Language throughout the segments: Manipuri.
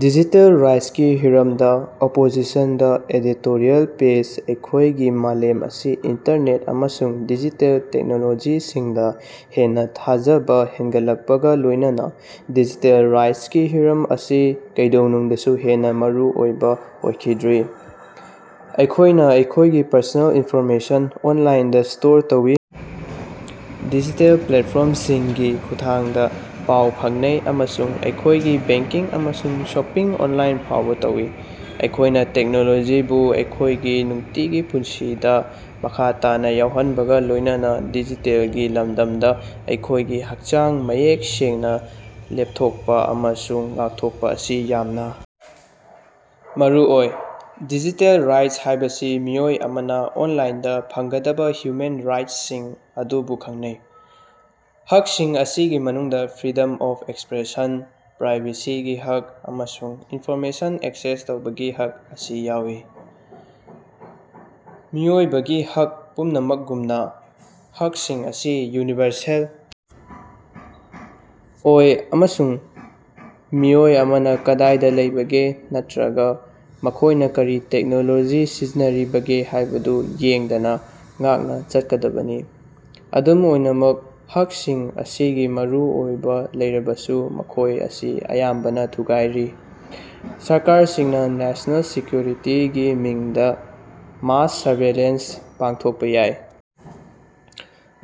ꯗꯤꯖꯤꯇꯦꯜ ꯔꯥꯏꯠꯁꯀꯤ ꯍꯤꯔꯝꯗꯥ ꯑꯣꯄꯣꯖꯤꯠ ꯗꯥ ꯏꯗꯤꯇꯣꯔꯤꯑꯦꯜ ꯄꯦꯖ ꯑꯩꯈꯣꯏꯒꯤ ꯃꯥꯂꯦꯝ ꯑꯁꯤ ꯏꯟꯇꯔꯅꯦꯠ ꯑꯃꯁꯨꯡ ꯗꯤꯖꯤꯇꯦꯜ ꯇꯦꯛꯅꯣꯂꯣꯖꯤꯁꯤꯡꯗꯥ ꯍꯦꯟꯅꯥ ꯊꯥꯖꯕꯥ ꯍꯦꯟꯒꯠꯂꯛꯄꯒꯥ ꯂꯣꯏꯅꯅꯥ ꯗꯤꯖꯤꯇꯦꯜ ꯔꯥꯏꯠꯁꯀꯤ ꯍꯤꯔꯝ ꯑꯁꯤ ꯀꯩꯗꯧꯉꯩꯗꯁꯨ ꯍꯦꯟꯅꯥ ꯃꯔꯨꯑꯣꯏꯕꯥ ꯑꯣꯏꯈꯤꯗ꯭ꯔꯤ꯫ ꯑꯩꯈꯣꯏꯅꯥ ꯑꯩꯈꯣꯏꯒꯤ ꯄꯔꯁꯣꯅꯦꯜ ꯏꯟꯐꯣꯔꯃꯦꯁꯟ ꯑꯣꯟꯂꯥꯏꯟꯗꯥ ꯁ꯭ꯇꯣꯔ ꯇꯧꯏ, ꯗꯤꯖꯤꯇꯦꯜ ꯄ꯭ꯂꯦꯠꯐꯣꯝꯁꯤꯡꯒꯤ ꯈꯨꯠꯊꯥꯡꯗꯥ ꯄꯥꯎ ꯐꯥꯎꯅꯩ ꯑꯃꯁꯨꯡ ꯑꯩꯈꯣꯏꯒꯤ ꯕꯦꯡꯀꯤꯡ ꯑꯃꯁꯨꯡ ꯁꯣꯄꯤꯡ ꯑꯣꯟꯂꯥꯏꯟ ꯐꯥꯎꯕꯥ ꯇꯧꯏ꯫ ꯑꯩꯈꯣꯏꯅꯥ ꯇꯦꯛꯅꯣꯂꯣꯖꯤꯕꯨ ꯑꯩꯈꯣꯏꯒꯤ ꯅꯨꯡꯇꯤꯒꯤ ꯄꯨꯟꯁꯤꯗꯥ ꯃꯈꯥ ꯇꯥꯅꯥ ꯌꯥꯎꯍꯟꯕꯒꯥ ꯂꯣꯏꯅꯅꯥ ꯗꯤꯖꯤꯇꯦꯜꯒꯤ ꯂꯝꯗꯥ ꯑꯩꯈꯣꯏꯒꯤ ꯍꯛꯆꯥꯡ ꯃꯌꯦꯛ ꯁꯦꯡꯅꯥ ꯂꯦꯞꯊꯣꯛꯄꯥ ꯑꯃꯁꯨꯡ ꯉꯥꯛꯊꯣꯛꯄꯥ ꯑꯁꯤ ꯌꯥꯝꯅꯥ ꯃꯔꯨꯑꯣꯏ꯫ ꯗꯤꯖꯤꯇꯦꯜ ꯔꯥꯏꯠꯁ ꯍꯥꯏꯕꯁꯤ ꯃꯤꯑꯣꯏ ꯑꯃꯅꯥ ꯑꯣꯟꯂꯥꯏꯟꯗꯥ ꯐꯪꯒꯗꯕꯥ ꯍ꯭ꯌꯨꯃꯦꯟ ꯔꯥꯏꯠꯁꯤꯡ ꯑꯗꯨꯕꯨ ꯈꯪꯅꯩ꯫ ꯍꯛꯁꯤꯡ ꯑꯁꯤꯒꯤ ꯃꯅꯨꯡꯗꯥ ꯐ꯭ꯔꯤꯗꯝ ꯑꯣꯐ ꯑꯦꯛꯁꯄ꯭ꯔꯦꯁꯟ, ꯄ꯭ꯔꯥꯏꯚꯦꯁꯤꯒꯤ ꯍꯛ ꯑꯃꯁꯨꯡ ꯏꯟꯐꯣꯔꯃꯦꯁꯟ ꯑꯦꯛꯁꯦꯁ ꯇꯧꯕꯒꯤ ꯍꯛ ꯑꯁꯤ ꯌꯥꯎꯏ꯫ ꯃꯤꯑꯣꯏꯕꯒꯤ ꯍꯛ ꯄꯨꯝꯅꯃꯛꯒꯨꯝꯅꯥ, ꯍꯛꯁꯤꯡ ꯑꯁꯤ ꯌꯨꯅꯤꯚꯔꯁꯦꯜ ꯑꯣꯏ ꯑꯃꯁꯨꯡ ꯃꯤꯑꯣꯏ ꯑꯃꯅꯥ ꯀꯗꯥꯏꯗꯥ ꯂꯩꯕꯒꯦ ꯅꯠꯇ꯭ꯔꯒꯥ ꯃꯈꯣꯏꯅꯥ ꯀꯔꯤ ꯇꯦꯛꯅꯣꯂꯣꯖꯤ ꯁꯤꯖꯤꯟꯅꯔꯤꯕꯒꯦ ꯍꯥꯏꯕꯗꯨ ꯌꯦꯡꯗꯅꯥ ꯉꯥꯛꯅꯥ ꯆꯠꯀꯗꯕꯅꯤ꯫ ꯑꯗꯨꯝ ꯑꯣꯏꯅꯃꯛ ꯍꯛꯁꯤꯡ ꯑꯁꯤꯒꯤ ꯃꯔꯨꯑꯣꯏꯕꯥ ꯂꯩꯔꯕꯁꯨ ꯃꯈꯣꯏ ꯑꯁꯤ ꯑꯌꯥꯝꯕꯅꯥ ꯊꯨꯒꯥꯏꯔꯤ꯫ ꯁꯔꯀꯥꯔꯁꯤꯡꯅꯥ ꯅꯦꯁ꯭ꯅꯦꯜ ꯁꯦꯀ꯭ꯌꯨꯔꯤꯇꯤꯒꯤ ꯃꯤꯡꯗꯥ ꯃꯥꯁ ꯁꯔꯚꯤꯂꯦꯟꯁ ꯄꯥꯡꯊꯣꯛꯄꯥ ꯌꯥꯏ,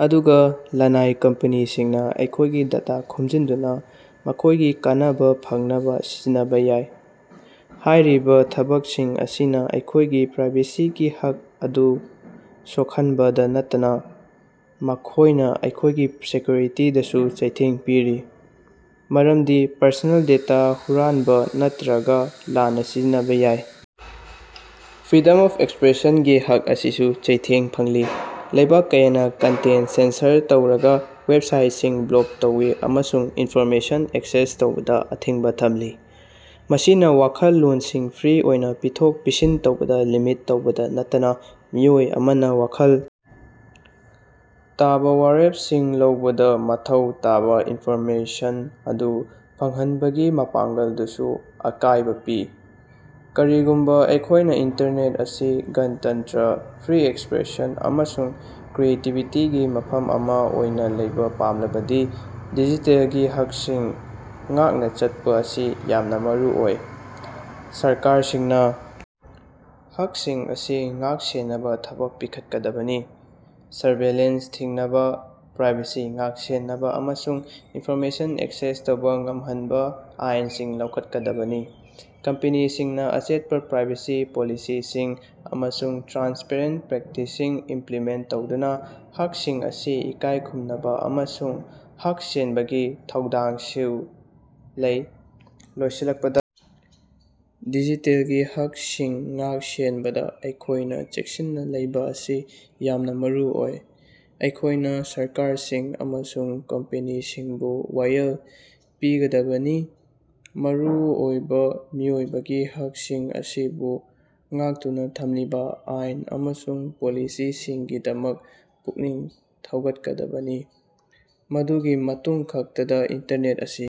ꯑꯗꯨꯒꯥ ꯂꯅꯥꯏ ꯀꯝꯄꯦꯅꯤꯁꯤꯡꯅꯥ ꯑꯩꯈꯣꯏꯒꯤ ꯗꯦꯇꯥ ꯈꯣꯝꯖꯤꯟꯗꯨꯅꯥ ꯃꯈꯣꯏꯒꯤ ꯀꯥꯟꯅꯕꯥ ꯐꯪꯅꯕꯥ ꯁꯤꯖꯤꯟꯅꯕꯥ ꯌꯥꯏ꯫ ꯍꯥꯏꯔꯤꯕꯥ ꯊꯕꯛꯁꯤꯡ ꯑꯁꯤꯅꯥ ꯑꯩꯈꯣꯏꯒꯤ ꯄ꯭ꯔꯥꯏꯚꯦꯁꯤꯒꯤ ꯍꯛ ꯑꯗꯨ ꯁꯣꯛꯍꯟꯕꯇꯥ ꯅꯠꯇꯅꯥ, ꯃꯈꯣꯏꯅꯥ ꯑꯩꯈꯣꯏꯒꯤ ꯁꯦꯀ꯭ꯌꯨꯔꯤꯇꯤꯗꯁꯨ ꯆꯩꯊꯦꯡ ꯄꯤꯔꯤ, ꯃꯔꯝꯗꯤ ꯄꯔꯁꯣꯅꯦꯜ ꯗꯦꯇꯥ ꯍꯨꯔꯥꯟꯕꯥ ꯅꯠꯇ꯭ꯔꯒꯥ ꯂꯥꯟꯅꯥ ꯁꯤꯖꯤꯟꯅꯕꯥ ꯌꯥꯏ꯫ ꯐ꯭ꯔꯤꯗꯝ ꯑꯣꯐ ꯑꯦꯛꯁꯄ꯭ꯔꯦꯁꯟꯒꯤ ꯍꯛ ꯑꯁꯤꯁꯨ ꯆꯩꯊꯦꯡ ꯐꯪꯂꯤ꯫ ꯂꯩꯕꯥꯛ ꯀꯌꯥꯅꯥ ꯀꯟꯇꯦꯟꯇ ꯁꯦꯟꯁꯔ ꯇꯧꯏ, ꯋꯦꯞꯁꯥꯏꯠꯁꯤꯡ ꯕ꯭ꯂꯣꯛ ꯇꯧꯏ ꯑꯃꯁꯨꯡ ꯏꯟꯐꯣꯔꯃꯦꯁꯟ ꯑꯦꯛꯁꯦꯁ ꯇꯧꯕꯗꯥ ꯑꯊꯤꯡꯕꯥ ꯊꯝꯂꯤ꯫ ꯃꯁꯤꯅꯥ ꯋꯥꯈꯜꯂꯣꯟꯁꯤꯡ ꯐ꯭ꯔꯤ ꯑꯣꯏꯅꯥ ꯄꯤꯊꯣꯛ-ꯄꯤꯁꯤꯟ ꯇꯧꯅꯕꯗꯥ ꯂꯤꯃꯤꯠ ꯇꯧꯕꯇꯥ ꯅꯠꯇꯅꯥ, ꯃꯤꯑꯣꯏ ꯑꯃꯅꯥ ꯋꯥꯈꯜ ꯇꯥꯕꯥ ꯋꯥꯔꯦꯞꯁꯤꯡ ꯂꯧꯕꯗꯥ ꯃꯊꯧ ꯇꯥꯕꯥ ꯏꯟꯐꯣꯔꯃꯦꯁꯟ ꯑꯗꯨ ꯐꯪꯍꯟꯕꯒꯤ ꯃꯄꯥꯡꯒꯜꯗꯁꯨ ꯑꯀꯥꯏꯕꯥ ꯄꯤ꯫ ꯀꯔꯤꯒꯨꯝꯕꯥ ꯑꯩꯈꯣꯏꯅꯥ ꯏꯟꯇꯔꯅꯦꯠ ꯑꯁꯤ ꯒꯅꯇꯟꯇ꯭ꯔ, ꯐ꯭ꯔꯤ ꯑꯦꯛꯁꯄ꯭ꯔꯦꯁꯟ ꯑꯃꯁꯨꯡ ꯀ꯭ꯔꯤꯌꯦꯇꯤꯕꯤꯇꯤꯒꯤ ꯃꯐꯝ ꯑꯃꯥ ꯑꯣꯏꯅꯥ ꯂꯩꯕꯥ ꯄꯥꯝꯂꯕꯗꯤ ꯗꯤꯖꯤꯇꯦꯜꯒꯤ ꯍꯛꯁꯤꯡ ꯉꯥꯛꯅꯥ ꯆꯠꯄꯥ ꯑꯁꯤ ꯌꯥꯝꯅꯥ ꯃꯔꯨꯑꯣꯏ꯫ ꯁꯔꯀꯥꯔꯁꯤꯡꯅꯥ ꯍꯛꯁꯤꯡ ꯑꯁꯤ ꯉꯥꯛ-ꯁꯦꯟꯅꯕꯥ ꯊꯕꯛ ꯄꯤꯈꯠꯀꯗꯕꯅꯤ, ꯁꯔꯚꯤꯂꯦꯟꯁ ꯊꯤꯡꯅꯕꯥ, ꯄ꯭ꯔꯥꯏꯚꯦꯁꯤ ꯉꯥꯛ-ꯁꯦꯟꯅꯕꯥ ꯑꯃꯁꯨꯡ ꯏꯟꯐꯣꯔꯃꯦꯁꯟ ꯑꯦꯛꯁꯦꯁ ꯇꯧꯕꯥ ꯉꯝꯍꯟꯅꯕꯥ ꯑꯥꯏꯟꯁꯤꯡ ꯂꯧꯈꯠꯀꯗꯕꯅꯤ꯫ ꯀꯝꯄꯦꯅꯤꯁꯤꯡꯅꯥ ꯑꯆꯦꯠꯄꯥ ꯄ꯭ꯔꯥꯏꯕꯦꯁꯤ ꯄꯣꯂꯤꯁꯤꯁꯤꯡ ꯑꯃꯁꯨꯡ ꯇ꯭ꯔꯥꯟꯁꯄꯔꯦꯟꯇ ꯄ꯭ꯔꯦꯛꯇꯤꯁꯁꯤꯡ ꯏꯝꯄ꯭ꯂꯤꯃꯦꯟꯇ ꯇꯧꯗꯨꯅꯥ ꯍꯛꯁꯤꯡ ꯑꯁꯤ ꯏꯀꯥꯏꯈꯨꯝꯅꯕꯥ ꯑꯃꯁꯨꯡ ꯉꯥꯛ-ꯁꯦꯟꯕꯒꯤ ꯊꯧꯗꯥꯡꯁꯨ ꯂꯩ꯫ ꯂꯣꯏꯁꯤꯜꯂꯛꯄꯗꯥ, ꯗꯤꯖꯤꯇꯦꯜꯒꯤ ꯍꯛꯁꯤꯡ ꯉꯥꯛ-ꯁꯦꯟꯕꯗꯥ ꯑꯩꯈꯣꯏꯅꯥ ꯆꯦꯛꯁꯤꯟꯅꯥ ꯂꯩꯕꯥ ꯑꯁꯤ ꯌꯥꯝꯅꯥ ꯃꯔꯨ ꯑꯣꯏ꯫ ꯑꯩꯈꯣꯏꯅꯥ ꯁꯔꯀꯥꯔꯁꯤꯡ ꯑꯃꯁꯨꯡ ꯀꯝꯄꯦꯅꯤꯁꯤꯡꯕꯨ ꯋꯥꯌꯦꯜ ꯄꯤꯒꯗꯕꯅꯤ, ꯃꯔꯨ ꯑꯣꯏꯕꯥ ꯃꯤꯑꯣꯏꯕꯒꯤ ꯍꯛꯁꯤꯡ ꯑꯁꯤꯕꯨ ꯉꯥꯛꯇꯨꯅꯥ ꯊꯝꯂꯤꯕꯥ ꯑꯥꯏꯟ ꯑꯃꯁꯨꯡ ꯄꯣꯂꯤꯁꯤꯁꯤꯡꯒꯤꯗꯃꯛ ꯄꯨꯛꯅꯤꯡ ꯊꯧꯒꯠꯀꯗꯕꯅꯤ꯫ ꯃꯗꯨꯒꯤ ꯃꯇꯨꯡ ꯈꯛꯇꯗꯥ ꯏꯟꯇꯔꯅꯦꯠ ꯑꯁꯤ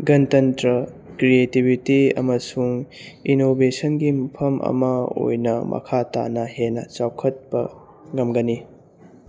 ꯒꯅꯇꯟꯇ꯭ꯔ, ꯀ꯭ꯔꯤꯌꯦꯇꯤꯕꯤꯇꯤ, ꯑꯃꯁꯨꯡ ꯏꯅꯣꯕꯦꯁꯟꯒꯤ ꯃꯐꯝ ꯑꯃꯥ ꯑꯣꯏꯅꯥ ꯃꯈꯥ ꯇꯥꯅꯥ ꯍꯦꯟꯅꯥ ꯆꯥꯎꯈꯠꯄꯥ ꯉꯝꯒꯅꯤ꯫